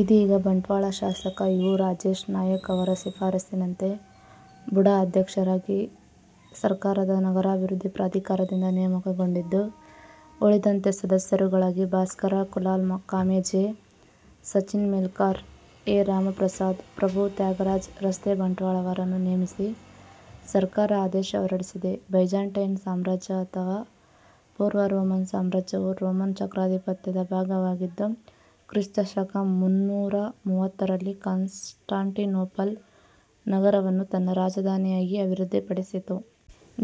ಇದೀಗ ಬಂಟ್ವಾಳ ಶಾಸಕ ಯು ರಾಜೇಶ್ ನಾಯಕ್ ಅವರ ಶಿಫಾರಸ್ಸಿನಂತೆ ಬುಡಾ ಅಧ್ಯಕ್ಷರಾಗಿ ಸರಕಾರದ ನಗರಾಭಿವೃದ್ದಿ ಪ್ರಾಧಿಕಾರದಿಂದ ನೇಮಕಗೊಂಡಿದ್ದು, ಉಳಿದಂತೆ ಸದಸ್ಯರುಗಳಾಗಿ ಭಾಸ್ಕರ ಕುಲಾಲ್ ಕಾಮಾಜೆ, ಸಚಿನ್ ಮೆಲ್ಕಾರ್, ಎ ರಾಮಪ್ರಸಾದ್ ಪ್ರಭು ತ್ಯಾಗರಾಜ ರಸ್ತೆ-ಬಂಟ್ವಾಳ ಅವರನ್ನು ನೇಮಿಸಿ ಸರಕಾರ ಆದೇಶ ಹೊರಡಿಸಿದೆ. ಬೈಜಾಂಟೈನ್ ಸಾಮ್ರಾಜ್ಯ ಅಥವಾ ಪೂರ್ವ ರೋಮನ್ ಸಾಮ್ರಾಜ್ಯವು, ರೋಮನ್ ಚಕ್ರಾಧಿಪತ್ಯದ ಭಾಗವಾಗಿದ್ದು, ಕ್ರಿಸ್ತ ಶಕ ಮುನ್ನೂರ ಮೂವತ್ತರಲ್ಲಿ ಕಾನ್ಸ್ ಟಾಂಟಿನೋಪಲ್ ನಗರವನ್ನು ತನ್ನ ರಾಜಧಾನಿಯಾಗಿ ಅಭಿವೃದ್ಧಿ ಪಡಿಸಿತು.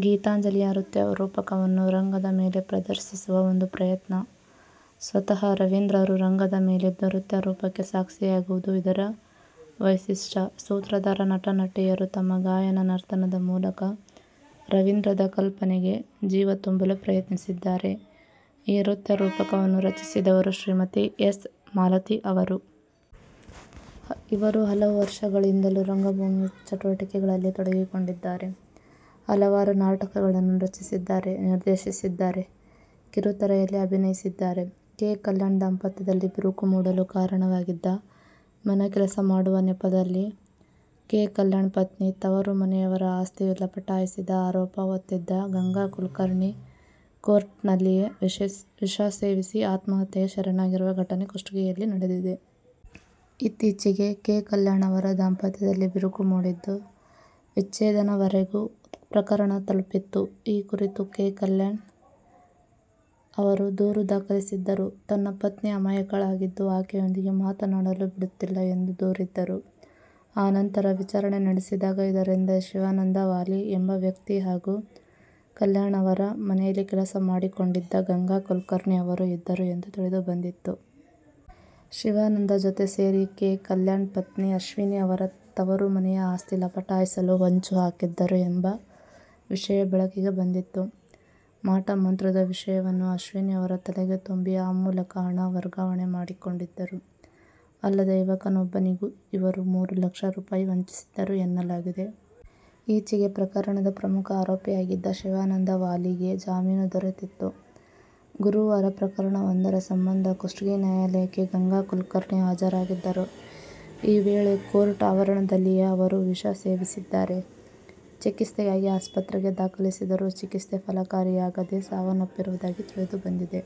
ಗೀತಾಂಜಲಿಯ ನೃತ್ಯರೂಪಕವನ್ನು ರಂಗದ ಮೇಲೆ ಪ್ರದರ್ಶಿಸುವ ಒಂದು ಪ್ರಯತ್ನ ಸ್ವತಃ ರವೀಂದ್ರರು ರಂಗದ ಮೇಲಿದ್ದು ನೃತ್ಯ ರೂಪಕಕ್ಕೆ ಸಾಕ್ಷಿಯಾಗುವುದು ಇದರ ವೈಶಿಷ್ಟ್ಯ. ಸೂತ್ರಧಾರ, ನಟನಟಿಯರು ತಮ್ಮ ಗಾಯನ ನರ್ತನದ ಮೂಲಕ ರವೀಂದ್ರರ ಕಲ್ಪನೆಗೆ ಜೀವ ತುಂಬಲು ಪ್ರಯತ್ನಿಸಿದ್ದಾರೆ. ಈ ನೃತ್ಯರೂಪಕವನ್ನು ರಚಿಸಿದವರು ಶ್ರೀಮತಿ ಎಸ್. ಮಾಲತಿ ಅವರು. ಇವರು ಹಲವು ವರ್ಷಗಳಿಂದಲೂ ರಂಗಭೂಮಿ ಚಟುವಟಿಕೆಗಳಲ್ಲಿ ತೊಡಗಿಕೊಂಡಿದ್ದಾರೆ. ಹಲವಾರು ನಾಟಕಗಳನ್ನು ರಚಿಸಿದ್ದಾರೆ, ನಿರ್ದೇಶಿಸಿದ್ದಾರೆ, ಕಿರುತೆರೆಯಲ್ಲಿ ಅಭಿನಯಿಸಿದ್ದಾರೆ.: ಕೆ. ಕಲ್ಯಾಣ್ ದಾಂಪತ್ಯದಲ್ಲಿ ಬಿರುಕು ಮೂಡಲು ಕಾರಣವಾಗಿದ್ದ, ಮನೆ ಕೆಲಸ ಮಾಡುವ ನೆಪದಲ್ಲಿ ಕೆ. ಕಲ್ಯಾಣ್ ಪತ್ನಿ ತವರು ಮನೆಯವರ ಆಸ್ತಿ ಲಪಟಾಯಿಸಿದ ಆರೋಪ ಹೊತ್ತಿದ್ದ ಗಂಗಾ ಕುಲಕರ್ಣಿ ಕೋರ್ಟ್ ನಲ್ಲಿಯೇ ವಿಷ ಸೇವಿಸಿ ಆತ್ಮಹತ್ಯೆಗೆ ಶರಣಾಗಿರುವ ಘಟನೆ ಕುಷ್ಟಗಿಯಲ್ಲಿ ನಡೆದಿದೆ. ಇತ್ತೀಚೆಗೆ ಕೆ. ಕಲ್ಯಾಣ್ ಅವರ ದಾಂಪತ್ಯದಲ್ಲಿ ಬಿರುಕು ಮೂಡಿದ್ದು, ವಿಚ್ಛೇದನದವರೆಗೂ ಪ್ರಕರಣ ತಲುಪಿತ್ತು. ಈ ಕುರಿತು ಕೆ. ಕಲ್ಯಾಣ್ ಅವರು ದೂರು ದಾಖಲಿಸಿದ್ದರು. ತನ್ನ ಪತ್ನಿ ಅಮಾಯಕಳಾಗಿದ್ದು, ಆಕೆಯೊಂದಿಗೆ ಮಾತನಾಡಲೂ ಬಿಡುತ್ತಿಲ್ಲ ಎಂದು ದೂರಿದ್ದರು. ಆ ನಂತರ ವಿಚಾರಣೆ ನಡೆಸಿದಾಗ, ಇದರ ಹಿಂದೆ ಶಿವಾನಂದ ವಾಲಿ ಎಂಬ ವ್ಯಕ್ತಿ ಹಾಗೂ ಕಲ್ಯಾಣ್ ಅವರ ಮನೆಯಲ್ಲಿ ಕೆಲಸ ಮಾಡಿಕೊಂಡಿದ್ದ ಗಂಗಾ ಕುಲಕರ್ಣಿ ಅವರು ಇದ್ದರು ಎಂದು ತಿಳಿದುಬಂದಿತ್ತು. ಶಿವಾನಂದ ಜೊತೆ ಸೇರಿ ಕೆ. ಕಲ್ಯಾಣ್ ಪತ್ನಿ ಅಶ್ವಿನಿ ಅವರ ತವರು ಮನೆಯ ಆಸ್ತಿ ಲಪಟಾಯಿಸಲು ಹೊಂಚು ಹಾಕಿದ್ದರು ಎಂಬ ವಿಷಯ ಬೆಳಕಿಗೆ ಬಂದಿತ್ತು. ಮಾಟ ಮಂತ್ರದ ವಿಷಯವನ್ನು ಅಶ್ವಿನಿ ಅವರ ತಲೆಗೆ ತುಂಬಿ ಈ ಮೂಲಕ ಹಣ ವರ್ಗಾವಣೆ ಮಾಡಿಕೊಂಡಿದ್ದರು, ಅಲ್ಲದೇ ಯುವಕನೊಬ್ಬನಿಗೂ ಇವರು ಮೂರು ಲಕ್ಷ ರೂಪಾಯಿ ವಂಚಿಸಿದ್ದರು ಎನ್ನಲಾಗಿದೆ. ಈಚೆಗೆ ಪ್ರಕರಣದ ಪ್ರಮುಖ ಆರೋಪಿಯಾಗಿದ್ದ ಶಿವಾನಂದ ವಾಲಿಗೆ ಜಾಮೀನು ದೊರೆತಿತ್ತು. ಗುರುವಾರ ಪ್ರಕರಣವೊಂದರ ಸಂಬಂಧ ಕುಷ್ಟಗಿ ನ್ಯಾಯಾಲಯಕ್ಕೆ ಗಂಗಾ ಕುಲಕರ್ಣಿ ಹಾಜರಾಗಿದ್ದರು. ಈ ವೇಳೆ ಕೋರ್ಟ್ ಆವರಣದಲ್ಲಿಯೇ ಅವರು ವಿಷ ಸೇವಿಸಿದ್ದಾರೆ. ಚಿಕಿತ್ಸೆಗಾಗಿ ಆಸ್ಪತ್ರೆಗೆ ದಾಖಲಿಸಿದರೂ ಚಿಕಿತ್ಸೆ ಫಲಕಾರಿಯಾಗದೇ ಸಾವನ್ನಪ್ಪಿರುವುದಾಗಿ ತಿಳಿದುಬಂದಿದೆ.